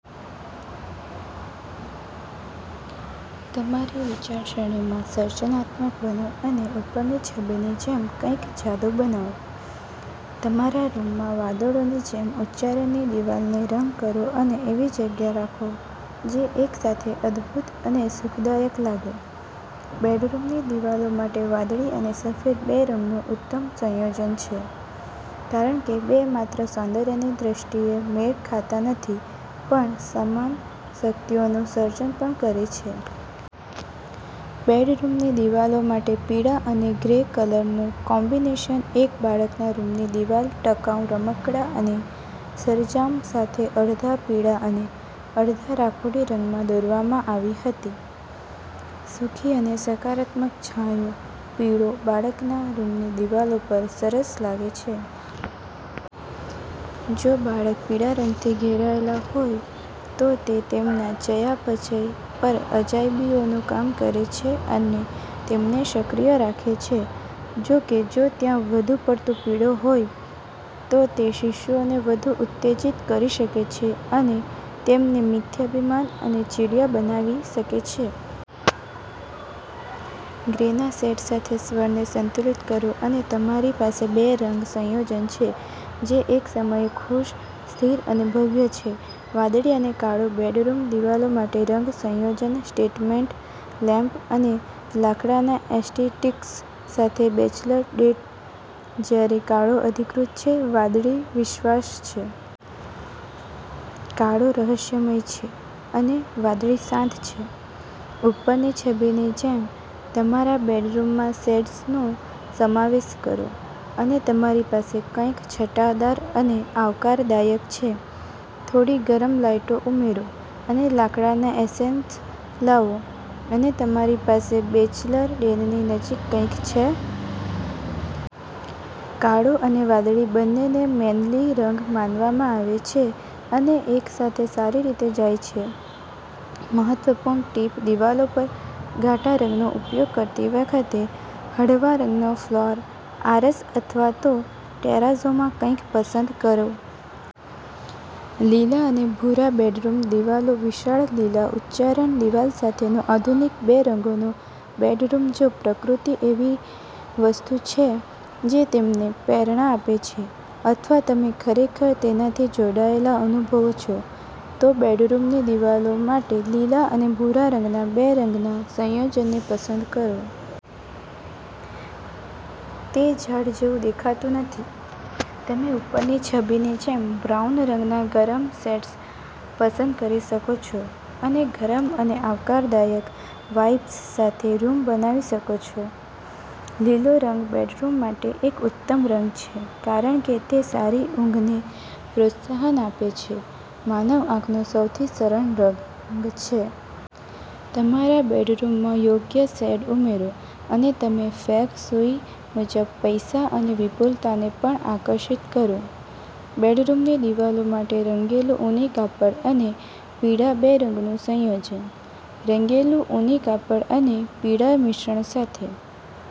તમારી વિચારસરણીમાં સર્જનાત્મક બનો અને ઉપરની છબીની જેમ કંઈક જાદુ બનાવો. તમારા રૂમમાં વાદળોની જેમ ઉચ્ચારની દીવાલને રંગ કરો અને એવી જગ્યા રાખો જે એક સાથે અદભૂત અને સુખદાયક લાગે. બેડરૂમની દીવાલો માટે વાદળી અને સફેદ બે રંગનું ઉત્તમ સંયોજન છે, કારણ કે બે માત્ર સૌંદર્યની દૃષ્ટિએ મેળ ખાતા નથી પણ સમાન શક્તિઓનું સર્જન પણ કરે છે. બેડરૂમની દિવાલો માટે પીળા અને ગ્રે કલરનું કોમ્બિનેશન એક બાળકના રૂમની દિવાલ ટકાઉ રમકડાં અને સરંજામ સાથે અડધા પીળા અને અડધા રાખોડી રંગમાં દોરવામાં આવી હતી. સુખી અને સકારાત્મક છાંયો, પીળો, બાળકના રૂમની દિવાલો પર સરસ લાગે છે. જો બાળકો પીળા રંગથી ઘેરાયેલા હોય, તો તે તેમના ચયાપચય પર અજાયબીઓનું કામ કરે છે અને તેમને સક્રિય રાખે છે. જો કે, જો ત્યાં વધુ પડતો પીળો હોય, તો તે શિશુઓને વધુ ઉત્તેજિત કરી શકે છે અને તેમને મિથ્યાભિમાન અને ચીડિયા બનાવી શકે છે. ગ્રેના શેડ સાથે સ્વરને સંતુલિત કરો, અને તમારી પાસે બે રંગ સંયોજન છે જે એકસમયે ખુશ, સ્થિર અને ભવ્ય છે. વાદળી અને કાળો બેડરૂમ દિવાલો માટે રંગ સંયોજન સ્ટેટમેન્ટ લેમ્પ અને લાકડાના એસ્ટેટિક્સ સાથે બેચલર ડેન જ્યારે કાળો અધિકૃત છે, વાદળી વિશ્વાસ છે. કાળો રહસ્યમય છે, અને વાદળી શાંત છે. ઉપરની છબીની જેમ તમારા બેડરૂમમાં શેડ્સનો સમાવેશ કરો. અને તમારી પાસે કંઈક છટાદાર અને આવકારદાયક છે. થોડી ગરમ લાઇટો ઉમેરો અને લાકડાના એસેન્સ લાવો, અને તમારી પાસે બેચલર ડેનની નજીક કંઈક છે. કાળો અને વાદળી બંનેને મેનલી રંગ માનવામાં આવે છે અને એકસાથે સારી રીતે જાય છે. મહત્વપૂર્ણ ટીપ દિવાલો પર ઘાટા રંગનો ઉપયોગ કરતી વખતે, હળવા રંગના ફ્લોર, આરસ અથવા તો ટેરાઝોમાં કંઈક પસંદ કરો. લીલા અને ભૂરા બેડરૂમ દિવાલો વિશાળ લીલા ઉચ્ચારણ દિવાલ સાથેનો આધુનિક બે રંગનો બેડરૂમ જો પ્રકૃતિ એવી વસ્તુ છે જે તમને પ્રેરણા આપે છે, અથવા તમે ખરેખર તેનાથી જોડાયેલા અનુભવો છો, તો બેડરૂમની દિવાલો માટે લીલા અને ભૂરા રંગના બે રંગના સંયોજનને પસંદ કરો. તે ઝાડ જેવું દેખાતું નથી. તમે ઉપરની છબીની જેમ બ્રાઉન રંગના ગરમ શેડ્સ પસંદ કરી શકો છો અને ગરમ અને આવકારદાયક વાઇબ્સ સાથે રૂમ બનાવી શકો છો. લીલો રંગ બેડરૂમ માટે એક ઉત્તમ રંગ છે કારણ કે તે સારી ઊંઘને પ્રોત્સાહન આપે છે, માનવ આંખનો સૌથી સરળ રંગ છે. તમારા બેડરૂમમાં યોગ્ય શેડ ઉમેરો, અને તમે ફેંગ શુઇ મુજબ પૈસા અને વિપુલતાને પણ આકર્ષિત કરો. બેડરૂમની દિવાલો માટે રંગેલું ઊની કાપડ અને પીળા બે રંગનું સંયોજન. રંગેલું ઊની કાપડ અને પીળા મિશ્રણ સાથે